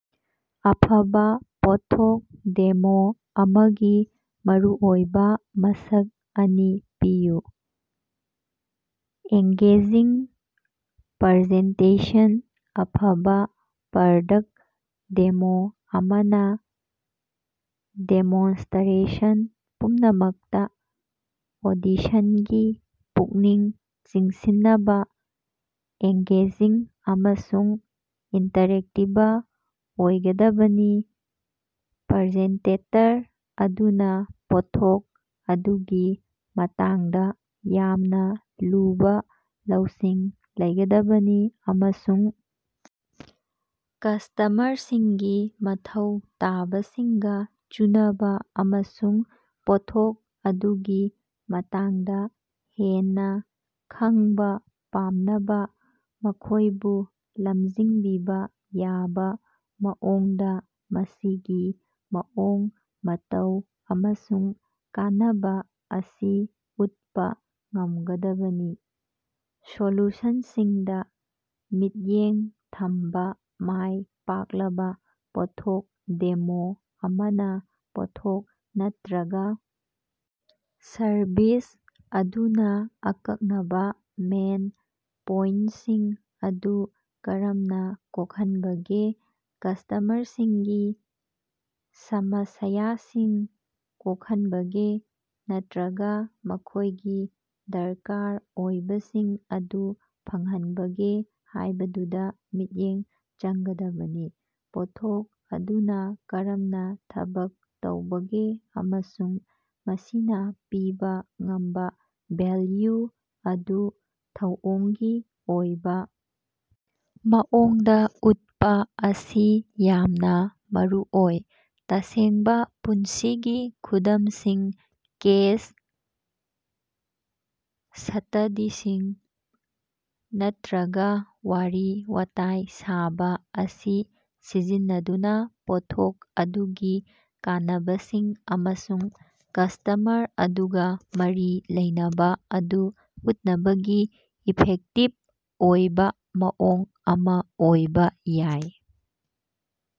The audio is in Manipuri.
ꯑꯐꯕ ꯄꯣꯠꯊꯣꯛ ꯗꯦꯃꯣ ꯑꯃꯒꯤ ꯃꯔꯨꯑꯣꯏꯕ ꯃꯁꯛ ꯑꯅꯤ ꯄꯤꯌꯨ꯫ ꯑꯦꯡꯒꯦꯖꯤꯡ ꯄꯔꯖꯦꯟꯇꯦꯁꯟ ꯑꯐꯕ ꯄꯔꯗꯛ ꯗꯦꯃꯣ ꯑꯃꯅ ꯗꯦꯃꯣꯟꯁꯇꯔꯦꯁꯟ ꯄꯨꯝꯅꯃꯛꯇ ꯑꯣꯗꯤꯁꯟꯒꯤ ꯄꯨꯛꯅꯤꯡ ꯆꯤꯡꯁꯤꯟꯅꯕ ꯑꯦꯡꯒꯦꯖꯤꯡ ꯑꯃꯁꯨꯡ ꯏꯟꯇꯔꯦꯛꯇꯤꯕ ꯑꯣꯏꯒꯗꯕꯅꯤ꯫ ꯄꯔꯖꯦꯟꯇꯦꯇꯔ ꯑꯗꯨꯅ ꯄꯣꯠꯊꯣꯛ ꯑꯗꯨꯒꯤ ꯃꯇꯥꯡꯗ ꯌꯥꯝꯅ ꯂꯨꯕ ꯂꯧꯁꯤꯡ ꯂꯩꯒꯗꯕꯅꯤ ꯑꯃꯁꯨꯡ ꯀꯁꯇꯃꯔꯁꯤꯡꯒꯤ ꯃꯊꯧ ꯇꯥꯕꯁꯤꯡꯒ ꯆꯨꯅꯕ ꯑꯃꯁꯨꯡ ꯄꯣꯠꯊꯣꯛ ꯑꯗꯨꯒꯤ ꯃꯇꯥꯡꯗ ꯍꯦꯟꯅ ꯈꯪꯕ ꯄꯥꯝꯅꯕ ꯃꯈꯣꯏꯕꯨ ꯂꯃꯖꯤꯡꯕꯤꯕ ꯌꯥꯕ ꯃꯑꯣꯡꯗ ꯃꯁꯤꯒꯤ ꯃꯑꯣꯡ ꯃꯇꯧ ꯑꯃꯁꯨꯡ ꯀꯥꯟꯅꯕ ꯑꯁꯤ ꯎꯠꯄ ꯉꯝꯒꯗꯕꯅꯤ꯫ ꯁꯣꯂꯨꯁꯟꯁꯤꯡꯗ ꯃꯤꯠꯌꯦꯡ ꯊꯝꯕ ꯃꯥꯏ ꯄꯥꯛꯂꯕ ꯄꯣꯠꯊꯣꯛ ꯗꯦꯃꯣ ꯑꯃꯅ ꯄꯣꯠꯊꯣꯛ ꯅꯠꯇ꯭ꯔꯒ ꯁꯔꯚꯤꯁ ꯑꯗꯨꯅ ꯑꯀꯛꯅꯕ ꯃꯦꯟ ꯄꯣꯏꯟꯁꯤꯡ ꯑꯗꯨ ꯀꯔꯝꯅ ꯀꯣꯛꯍꯟꯕꯒꯦ ꯀꯁꯇꯃꯔꯁꯤꯡꯒꯤ ꯁꯝꯁꯌꯥꯁꯤꯡ ꯀꯣꯛꯍꯟꯕꯒꯦ ꯅꯠꯇ꯭ꯔꯒ ꯃꯈꯣꯏꯒꯤ ꯗꯔꯀꯥꯔ ꯑꯣꯏꯕꯁꯤꯡ ꯑꯗꯨ ꯐꯪꯍꯟꯕꯒꯦ ꯍꯥꯏꯕꯗꯨꯗ ꯃꯤꯠꯌꯦꯡ ꯆꯪꯒꯗꯕꯅꯤ꯫ ꯄꯣꯠꯊꯣꯛ ꯑꯗꯨꯅ ꯀꯔꯝꯅ ꯊꯕꯛ ꯇꯧꯕꯒꯦ ꯑꯃꯁꯨꯡ ꯃꯁꯤꯅ ꯄꯤꯕ ꯉꯝꯕ ꯚꯦꯜꯌꯨ ꯑꯗꯨ ꯊꯧꯑꯣꯡꯒꯤ ꯑꯣꯏꯕ ꯃꯑꯣꯡꯗ ꯎꯠꯄ ꯑꯁꯤ ꯌꯥꯝꯅ ꯃꯔꯨꯑꯣꯏ꯫ ꯇꯁꯦꯡꯕ ꯄꯨꯟꯁꯤꯒꯤ ꯈꯨꯗꯝꯁꯤꯡ ꯀꯦꯁ ꯁꯇꯗꯤꯁꯤꯡ ꯅꯠꯇ꯭ꯔꯒ ꯋꯥꯔꯤ ꯋꯥꯇꯥꯏ ꯁꯥꯕ ꯑꯁꯤ ꯁꯤꯖꯤꯟꯅꯗꯨꯅ ꯄꯣꯠꯊꯣꯛ ꯑꯗꯨꯒꯤ ꯀꯥꯟꯅꯕꯁꯤꯡ ꯑꯃꯁꯨꯡ ꯀꯁꯇꯃꯔ ꯑꯗꯨꯒ ꯃꯔꯤ ꯂꯩꯅꯕ ꯑꯗꯨ ꯎꯠꯅꯕꯒꯤ ꯏꯐꯦꯛꯇꯤꯚ ꯑꯣꯏꯕ ꯃꯑꯣꯡ ꯑꯃ ꯑꯣꯏꯕ ꯌꯥꯏ꯫